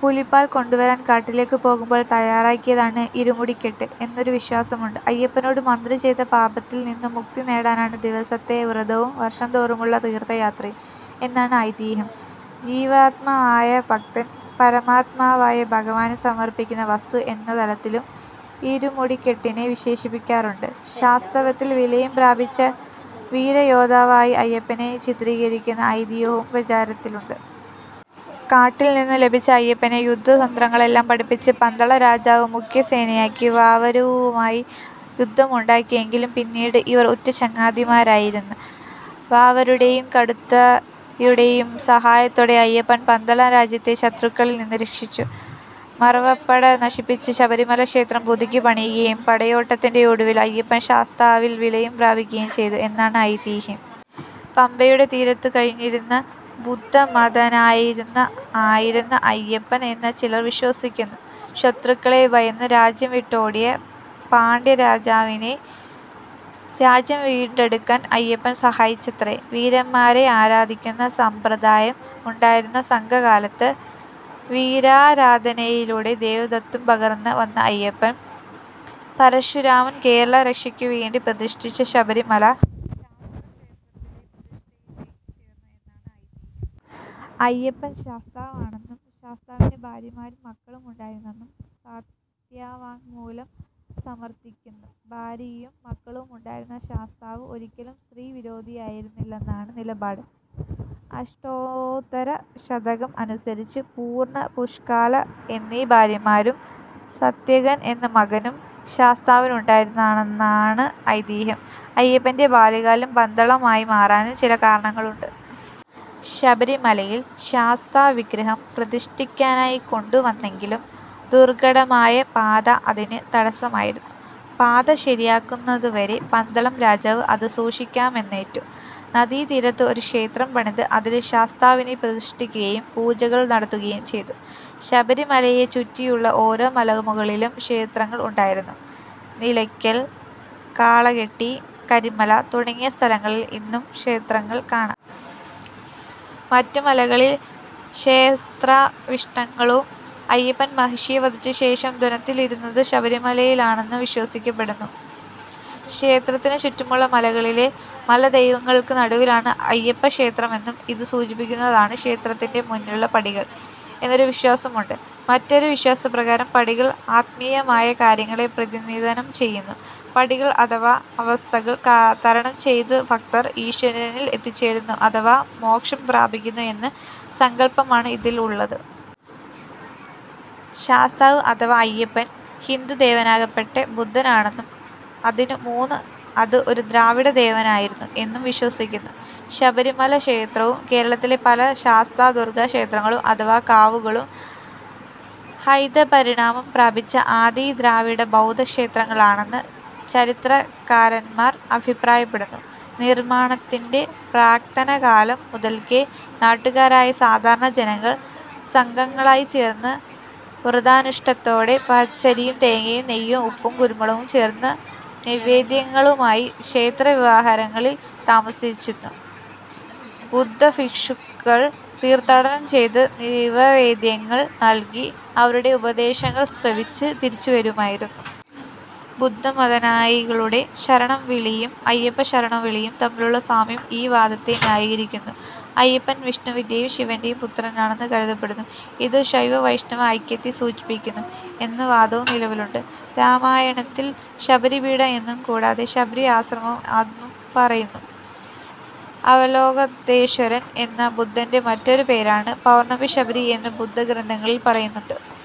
പുലിപ്പാൽ കൊണ്ടുവരാൻ കാട്ടിലേക്ക് പോകുമ്പോൾ തയ്യാറാക്കിയതാണ് "ഇരുമുടിക്കെട്ട്" എന്നൊരു വിശ്വാസമുണ്ട്. അയ്യപ്പനോട് മന്ത്രി ചെയ്ത പാപത്തിൽ നിന്നും മുക്തി നേടാനാണ് ദിവസത്തെ വ്രതവും വർഷംതോറുമുള്ള തീർത്ഥയാത്രയും എന്നാണ് ഐതിഹ്യം. ജീവാത്മാവായ ഭക്തൻ പരമാത്മാവായ ഭഗവാന് സമർപ്പിക്കുന്ന വസ്തു എന്ന തലത്തിലും ഇരുമുടികെട്ടിനെ വിശേഷിപ്പിക്കാറുണ്ട്. ശാസ്താവിൽ വിലയം പ്രാപിച്ച വീരയോദ്ധാവായി അയ്യപ്പനെ ചിത്രീകരിക്കുന്ന ഐതിഹ്യവും പ്രചാരത്തിലുണ്ട്. കാട്ടിൽ നിന്നും ലഭിച്ച അയ്യപ്പനെ യുദ്ധതന്ത്രങ്ങളെല്ലാം പഠിപ്പിച്ച് പന്തളം രാജാവ് മുഖ്യസേനാനിയാക്കി. വാവരുമായി യുദ്ധമുണ്ടായെങ്കിലും പിന്നീട് ഇവർ ഉറ്റ ചങ്ങാതിമാരായി. വാവരുടെയും കടുത്തയുടെയും സഹായത്തോടെ അയ്യപ്പൻ പന്തളം രാജ്യത്തെ ശത്രുക്കളിൽ നിന്നും രക്ഷിച്ചു. മറവപ്പട നശിപ്പിച്ച ശബരിമല ക്ഷേത്രം പുതുക്കി പണിയുകയും പടയോട്ടത്തിന്റെ ഒടുവിൽ അയ്യപ്പൻ ശാസ്താവിൽ വിലയം പ്രാപിക്കുകയും ചെയ്തു എന്നാണ് ഐതിഹ്യം. പമ്പയുടെ തീരത്ത് കഴിഞ്ഞിരുന്ന ബുദ്ധമതാനുയായി ആയിരുന്നു അയ്യപ്പൻ എന്നും ചിലർ വിശ്വസിക്കുന്നു. ശത്രുക്കളെ ഭയന്ന് രാജ്യം വിട്ടോടിയ പാണ്ഡ്യരാജാവിനെ രാജ്യം വീണ്ടെടുക്കാൻ അയ്യപ്പൻ സഹായിച്ചത്രെ. വീരന്മാരെ ആരാധിക്കുന്ന സമ്പ്രദായം ഉണ്ടായിരുന്നു സംഘകാലത്ത് വീരാരാധനയിലൂടെ ദേവത്വം പകർന്നു വന്ന അയ്യപ്പൻ, പരശുരാമൻ കേരള രക്ഷയ്ക്കുവേണ്ടിപ്രതിഷ്ഠിച്ച ശബരിമല ശാസ്താക്ഷേത്രത്തിലെ പ്രതിഷ്ഠയിൽ ലയിച്ചു ചേർന്നു എന്നാണ് ഐതിഹ്യം. അയ്യപ്പൻ ശാസ്താവാണെന്നും ശാസ്താവിന് ഭാര്യമാരും മക്കളും ഉണ്ടായിരുന്നെന്നും സത്യവാങ്മൂലം സമർത്ഥിക്കുന്നു. ഭാര്യയും മക്കളുമുണ്ടായിരുന്ന ശാസ്താവ് ഒരിക്കലും സ്ത്രീ വിരോധിയായിരുന്നില്ലെന്നാണ് നിലപാട്. അഷ്ടോത്തര ശതകം അനുസരിച്ച് പൂർണ്ണ, പുഷ്കല എന്നീ ഭാര്യമാരും സത്യകൻ എന്ന മകനും ശാസ്താവിനുണ്ടായിരുന്നെന്നാണ് ഐതിഹ്യം. അയ്യപ്പന്റെ ബാല്യകാലം പന്തളമായി മാറാനും ചില കാരണങ്ങളുണ്ട്. ശബരിമലയിൽ ശാസ്താവിഗ്രഹം പ്രതിഷ്ഠിക്കാനായി കൊണ്ടു വന്നെങ്കിലും ദുർഘടമായ പാത അതിന് തടസമായിരുന്നു. പാത ശരിയാകുന്നതുവരെ പന്തളം രാജാവ് അത് സൂക്ഷിക്കാമെന്നേറ്റു. നദീതീരത്ത് ഒരു ക്ഷേത്രം പണിത് അതിൽ ശാസ്താവിനെ പ്രതിഷ്ഠിക്കുകയും പൂജകൾ നടത്തുകയും ചെയ്തു. ശബരിമലയെ ചുറ്റിയുള്ള ഓരോ മലമുകളിലും ക്ഷേത്രങ്ങൾ ഉണ്ടായിരുന്നു. നിലക്കൽ, കാളകെട്ടി, കരിമല തുടങ്ങിയ സ്ഥലങ്ങളിൽ ഇന്നും ക്ഷേത്രങ്ങൾ കാണാം. മറ്റ് മലകളിൽ ക്ഷേത്രാവശിഷ്ടങ്ങളും. അയ്യപ്പൻ മഹിഷിയെ വധിച്ച ശേഷം ധ്യാനത്തിലിരുന്നത് ശബരിമലയിലാണെന്ന് വിശ്വസിക്കപ്പെടുന്നു. ക്ഷേത്രത്തിനു ചുറ്റുമുള്ള മലകളിലെ മലദൈവങ്ങൾക്കു നടുവിലാണ് അയ്യപ്പക്ഷേത്രമെന്നും ഇത് സൂചിപ്പിക്കുന്നതാണ് ക്ഷേത്രത്തിന് മുന്നിലുള്ള പടികൾ എന്നൊരു വിശ്വാസമുണ്ട്. മറ്റൊരു വിശ്വാസപ്രകാരം പടികൾ ആത്മീയമായ കാര്യങ്ങളെ പ്രതിനിധാനം ചെയ്യുന്നു. പടികൾ അഥവാ അവസ്ഥകൾ തരണം ചെയ്തു ഭക്തർ ഈശ്വരനിൽ എത്തിച്ചേരുന്നു അഥവാ മോക്ഷം പ്രാപിക്കുന്നു എന്ന സങ്കൽപ്പമാണ് ഇതിൽ ഉള്ളത്. ശാസ്താവ് അഥവാ അയ്യപ്പൻ ഹിന്ദു ദേവനാക്കപ്പെട്ട ബുദ്ധനാണെന്നും, അതിനു മുന്ന് അത് ഒരു ദ്രാവിഡ ദേവനായിരുന്നു എന്നും വിശ്വസിക്കുന്നു. ശബരിമല ക്ഷേത്രവും കേരളത്തിലെ പല ശാസ്താ-ദുർഗ്ഗക്ഷേത്രങ്ങളും, അഥവാ കാവുകളും ഹൈന്ദവപരിണാമം പ്രാപിച്ച ആദി ദ്രാവിഡ-ബൗദ്ധ ക്ഷേത്രങ്ങളാണെന്ന് ചരിത്രകാരന്മാർ അഭിപ്രായപ്പെടുന്നു നിർമ്മാണത്തിന്റെ പ്രാക്തനകാലം മുതൽക്കേ നാട്ടുകാരായ സാധാരണ ജനങ്ങൾ സംഘങ്ങളായിച്ചേർന്ന് വ്രതാനുഷ്ഠാനത്തോടെ പച്ചരിയും തേങ്ങയും നെയ്യും ഉപ്പും കുരുമുളകും ചേർന്ന നിവേദ്യങ്ങളുമായി ക്ഷേത്രവിഹാരങ്ങളിൽ താമസിച്ചിരുന്ന ബുദ്ധഭിക്ഷുക്കൾ തീർത്ഥാടനം ചെയ്ത് നിവേദ്യങ്ങൾ നൽകി അവരുടെ ഉപദേശങ്ങൾ ശ്രവിച്ച് തിരിച്ചുവരുമായിരുന്നു. ബുദ്ധമതാനുയായികളുടെ ശരണം വിളിയും അയ്യപ്പ ശരണം വിളിയും തമ്മിലുള്ള സാമ്യം ഈ വാദത്തെ ന്യായീകരിക്കുന്നു. അയ്യപ്പൻ വിഷ്ണുവിന്റേയും ശിവന്റേയും പുത്രനായാണു കരുതപ്പെടുന്നത്. ഇതു ശൈവ-വൈഷ്ണവ ഐക്യത്തെ സൂചിപ്പിക്കുന്നു എന്ന വാദവും നിലവിലുണ്ട്. രാമായണത്തിൽ ശബരിപീഠം എന്നും കൂടാതെ ശബരി ആശ്രമം എന്നും പറയുന്നു. അവലോകിതേശ്വരൻ എന്ന ബുദ്ധന്റെ മറ്റൊരു പേരാണു പർണ്ണശബരി എന്നു ബുദ്ധഗ്രന്ഥങ്ങളിൽ പറയുന്നുണ്ട്.